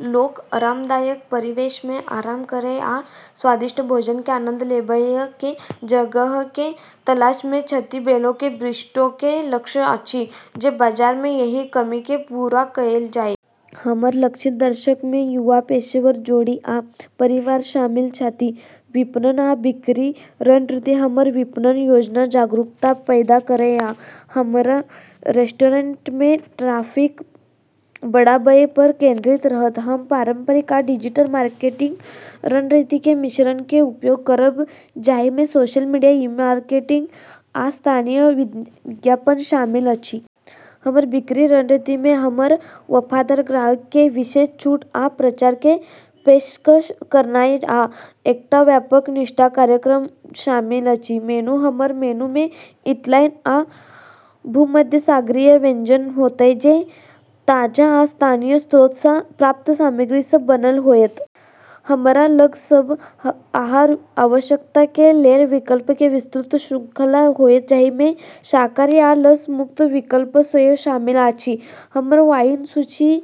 लोक आरामदायक परिवेश मे आराम करय आ स्वादिष्ट भोजन के आनंद लेबय के जगह के तलाश मे छथि। बेला के बिस्ट्रो के लक्ष्य अछि जे बाजार मे एहि कमी के पूरा कएल जाए। हमर लक्षित दर्शक मे युवा पेशेवर, जोड़ी आ परिवार शामिल छथि। विपणन आ बिक्री रणनीति: हमर विपणन योजना जागरूकता पैदा करय आ हमर रेस्टोरेंट मे ट्रैफिक बढ़ाबय पर केंद्रित रहत। हम पारंपरिक आ डिजिटल मार्केटिंग रणनीति के मिश्रण के उपयोग करब, जाहि मे सोशल मीडिया, ईमेल मार्केटिंग आ स्थानीय विज्ञापन शामिल अछि। हमर बिक्री रणनीति मे हमर वफादार ग्राहक के विशेष छूट आ प्रचार के पेशकश करनाय आ एकटा व्यापक निष्ठा कार्यक्रम शामिल अछि। मेनू: हमर मेनू मे इटैलियन आ भूमध्यसागरीय व्यंजन होयत जे ताजा आ स्थानीय स्रोत सँ प्राप्त सामग्री सँ बनल होयत। हमरा लग सब आहार आवश्यकता के लेल विकल्प के विस्तृत श्रृंखला होयत, जाहि मे शाकाहारी आ लस मुक्त विकल्प सेहो शामिल अछि। हमर वाइन सूची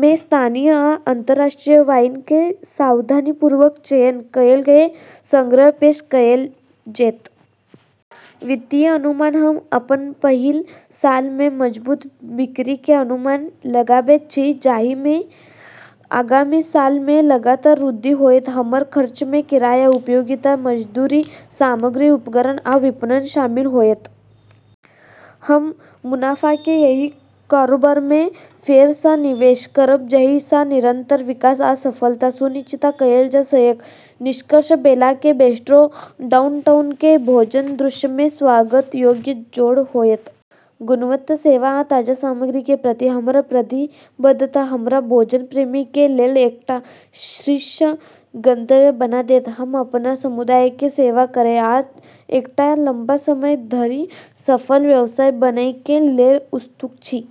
मे स्थानीय आ अंतर्राष्ट्रीय वाइन के सावधानीपूर्वक चयन कएल गेल संग्रह पेश कएल जैत। वित्तीय अनुमान: हम अपन पहिल साल मे मजबूत बिक्री के अनुमान लगाबैत छी, जाहि मे आगामी साल मे लगातार वृद्धि होयत। हमर खर्च मे किराया, उपयोगिता, मजदूरी, सामग्री, उपकरण आ विपणन शामिल होयत। हम मुनाफा के एहि कारोबार मे फेर सँ निवेश करब जाहि सँ निरंतर विकास आ सफलता सुनिश्चित कएल जा सकय। निष्कर्ष: बेला के बिस्ट्रो डाउनटाउन के भोजन दृश्य मे स्वागत योग्य जोड़ होयत। गुणवत्ता, सेवा आ ताजा सामग्री के प्रति हमर प्रतिबद्धता हमरा भोजन प्रेमी के लेल एकटा शीर्ष गंतव्य बना देत। हम अपन समुदाय के सेवा करय आ एकटा लम्बा समय धरि सफल व्यवसाय बनय के लेल उत्सुक छी।